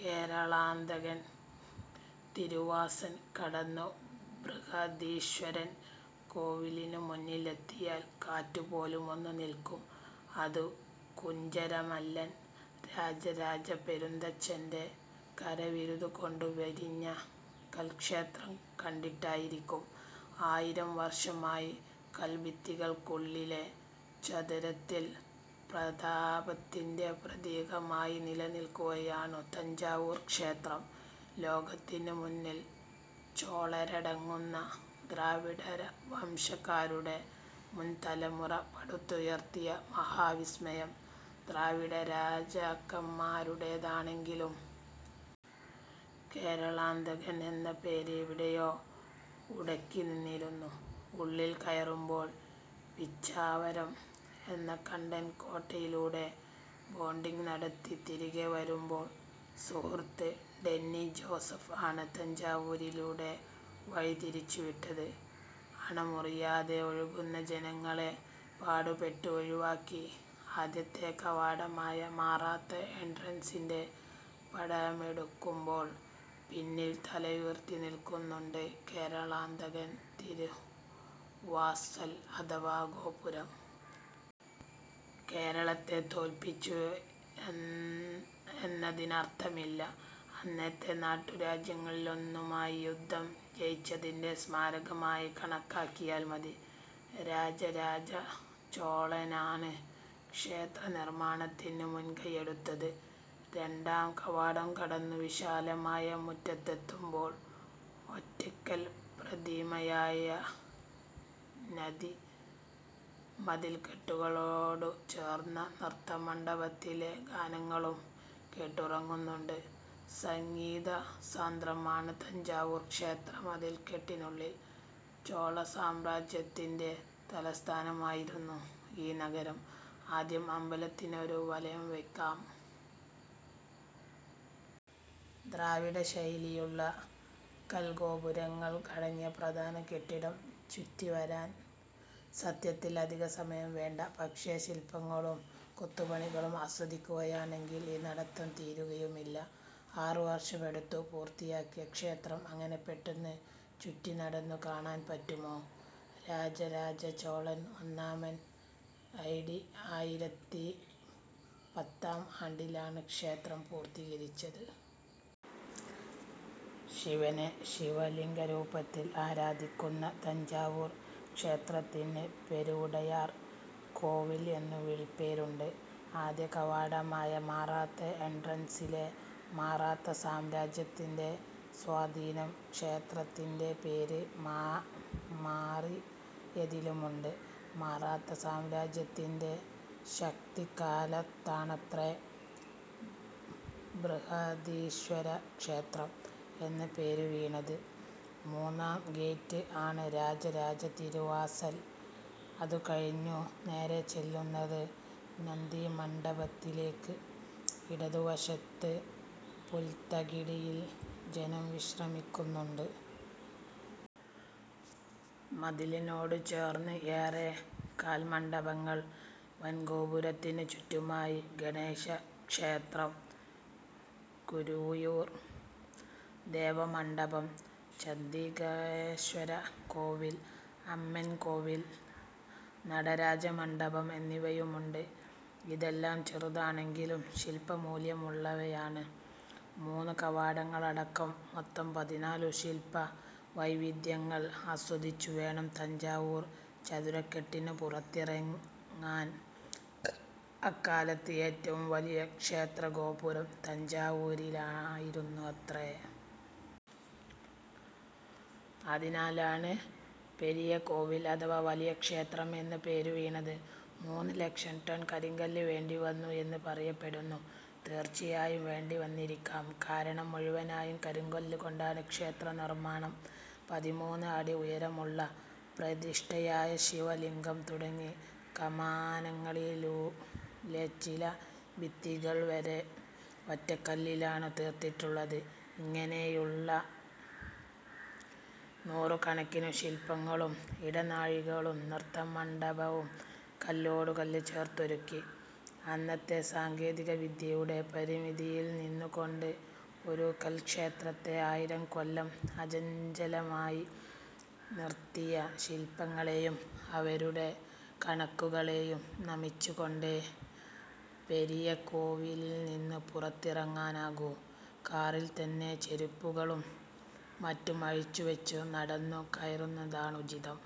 കേരളാന്തകൻ തിരുവാസൽ കടന്നു ബൃഹദീശ്വരൻ കോവിലിനു മുന്നിലെത്തിയാൽ കാറ്റുപോലും ഒന്നു നിൽക്കും. അതു കുഞ്ചരമല്ലൻ രാജരാജ പെരുന്തച്ചന്റെ കരവിരുതുകൊണ്ടു വിരിഞ്ഞ കൽക്ഷേത്രം കണ്ടിട്ടായിരിക്കും. ആയിരം വർഷമായി കൽഭിത്തികൾക്കുള്ളിലെ ചത്വരത്തിൽ പ്രതാപത്തിന്റെ പ്രതീകമായി നിലനിൽക്കുകയാണു തഞ്ചാവൂർ ക്ഷേത്രം. ലോകത്തിനു മുന്നിൽ ചോളരടങ്ങുന്ന ദ്രാവിഡരവംശക്കാരുടെ മുൻതലമുറ പടുത്തുയർത്തിയ മഹാവിസ്മയം. ദ്രാവിഡരാജാക്കന്മാരുടേതാണെങ്കിലും കേരളാന്തകൻ എന്ന പേര് എവിടെയോ ഉടക്കിനിന്നിരുന്നു ഉള്ളിൽ കയറുമ്പോൾ. പിച്ചാവരം എന്ന കണ്ടൽകോട്ടയിലൂടെ ബോട്ടിങ് നടത്തി തിരികെവരുമ്പോൾ സുഹൃത്ത് ഡെന്നി ജോസഫ് ആണ് തഞ്ചാവൂരിലൂടെ വഴിതിരിച്ചുവിട്ടത്. അണമുറിയാതെ ഒഴുകുന്ന ജനങ്ങളെ പാടുപെട്ട് ഒഴിവാക്കി ആദ്യത്തെ കവാടമായ മറാത്ത എൻട്രൻസിന്റെ പടമെടുക്കുമ്പോൾ പിന്നിൽ തലയുയർത്തിനിൽക്കുന്നുണ്ട് കേരളാന്തകൻ തിരുവാസൽ അഥവാ ഗോപുരം. കേരളത്തെ തോൽപ്പിച്ചു എ എന്നതിനർഥമില്ല. അന്നത്തെ നാട്ടുരാജ്യങ്ങളിലൊന്നുമായി യുദ്ധം ജയിച്ചതിന്റെ സ്മാരകമായി കണക്കാക്കിയാൽ മതി. രാജരാജ ചോളനാണ് ക്ഷേത്രനിർമാണത്തിനു മുൻകൈയെടുത്തത്. രണ്ടാം കവാടം കടന്നു വിശാലമായ മുറ്റത്തെത്തുമ്പോൾ ഒറ്റക്കൽപ്രതിമയായ നദി, മതിൽക്കെട്ടുകളോടു ചേർന്ന നൃത്തമണ്ഡപത്തിലെ ഗാനങ്ങളും കേട്ടുറങ്ങുന്നുണ്ട്. സംഗീതസാന്ദ്രമാണ് തഞ്ചാവൂർ ക്ഷേത്രമതിൽക്കെട്ടിനുള്ളിൽ. ചോളസാമ്രാജ്യത്തിന്റെ തലസ്ഥാനമായിരുന്നു ഈ നഗരം. ആദ്യം അമ്പലത്തിനൊരു വലയം വയ്ക്കാം. ദ്രാവിഡശൈലിയുള്ള കൽഗോപുരങ്ങൾ അടങ്ങിയ പ്രധാന കെട്ടിടം ചുറ്റിവരാൻ സത്യത്തിൽ അധികസമയം വേണ്ട. പക്ഷേ, ശിൽപങ്ങളും കൊത്തുപണികളും ആസ്വദിക്കുകയാണെങ്കിൽ ഈ നടത്തം തീരുകയുമില്ല. ആറുവർഷമെടുത്തു പൂർത്തിയാക്കിയ ക്ഷേത്രം അങ്ങനെ പെട്ടെന്നു ചുറ്റിനടന്നു കാണാൻ പറ്റുമോ? രാജരാജ ചോളൻ ഒന്നാമൻ എ ഡി ആയിരത്തി പത്താം ആണ്ടിലാണ് ക്ഷേത്രം പൂർത്തീകരിച്ചത്. ശിവനെ ശിവലിംഗരൂപത്തിൽ ആരാധിക്കുന്ന തഞ്ചാവൂർ ക്ഷേത്രത്തിന് പെരുവുടയാർ കോവിൽ എന്നും വിളിപ്പേരുണ്ട്. ആദ്യകവാടമായ മറാത്ത എൻട്രൻസിലെ മാ മറാത്താ സാമ്രാജ്യത്തിന്റെ സ്വാധീനം ക്ഷേത്രത്തിന്റെ പേര് മാറിയതിലുമുണ്ട്. മറാത്താ സാമ്രാജ്യത്തിന്റെ ശക്തികാലത്താണത്രേ ബൃഹദീശ്വര ക്ഷേത്രം എന്ന പേരുവീണത്. മൂന്നാം ഗേറ്റ് ആണ് രാജരാജ തിരുവാസൽ. അതുകഴിഞ്ഞു നേരെച്ചെല്ലുന്നത് നന്ദിമണ്ഡപത്തിലേക്ക്. ഇടതുവശത്ത് പുൽത്തകിടിയിൽ ജനം വിശ്രമിക്കുന്നുണ്ട്. മതിലിനോടു ചേർന്ന് ഏറെ കൽമണ്ഡപങ്ങൾ. വൻഗോപുരത്തിനു ചുറ്റുമായി ഗണേശക്ഷേത്രം, കരുയൂർ ദേവ മണ്ഡപം, ചണ്ഡികേശ്വര കോവിൽ, അമ്മൻ കോവിൽ, നടരാജ മണ്ഡപം എന്നിവയുണ്ട്. ഇതെല്ലാം ചെറുതാണെങ്കിലും ശിൽപ്പമൂല്യമുള്ളവയാണ്. മൂന്നു കവാടങ്ങളടക്കം മൊത്തം പതിനാലു ശിൽപവൈവിധ്യങ്ങൾ ആസ്വദിച്ചുവേണം തഞ്ചാവൂർ ചതുരക്കെട്ടിനു പുറത്തിറങ്ങാൻ. അക്കാലത്ത് ഏറ്റവും വലിയ ക്ഷേത്രഗോപുരം തഞ്ചാവൂരിലായിരുന്നത്രേ. അതിനാലാണ് പെരിയകോവിൽ അഥവാ വലിയ ക്ഷേത്രം എന്ന പേരുവീണത്. മൂന്ന് ലക്ഷം ടൺ കരിങ്കല്ല് വേണ്ടിവന്നു എന്ന് പറയപ്പെടുന്നു. തീർച്ചയായും വേണ്ടിവന്നിരിക്കാം. കാരണം മുഴുവനായും കരികല്ലുകൊണ്ടാണ് ക്ഷേത്രനിർമാണം. പതിമൂന്ന് അടി ഉയരമുള്ള പ്രതിഷ്ഠയായ ശിവലിംഗം തുടങ്ങി കമാനങ്ങളിലൂ ങ്ങളിലെ ചില ഭിത്തികൾവരെ ഒറ്റക്കല്ലിലാണു തീർത്തിട്ടുള്ളത്. ഇങ്ങനെയുള്ള നൂറുകണക്കിനു ശിൽപ്പങ്ങളേയും ഇടനാഴികളും നൃത്തമണ്ഡപവും കല്ലോടുകല്ല് ചേർത്തൊരുക്കി, അന്നത്തെ സാങ്കേതികവിദ്യയുടെ പരിമിതിയിൽനിന്നുകൊണ്ട് ഒരു കൽക്ഷേത്രത്തെ ആയിരംകൊല്ലം അചഞ്ചലമായി നിർത്തിയ ശിൽപ്പികളെയും അവരുടെ കണക്കുകളെയും നമിച്ചുകൊണ്ടേ പെരിയകോവിലിൽനിന്നു പുറത്തിറങ്ങാനാകൂ. കാറിൽത്തന്നെ ചെരുപ്പുകളും മറ്റും അഴിച്ചുവച്ചു നടന്നു കയറുന്നതാണുചിതം.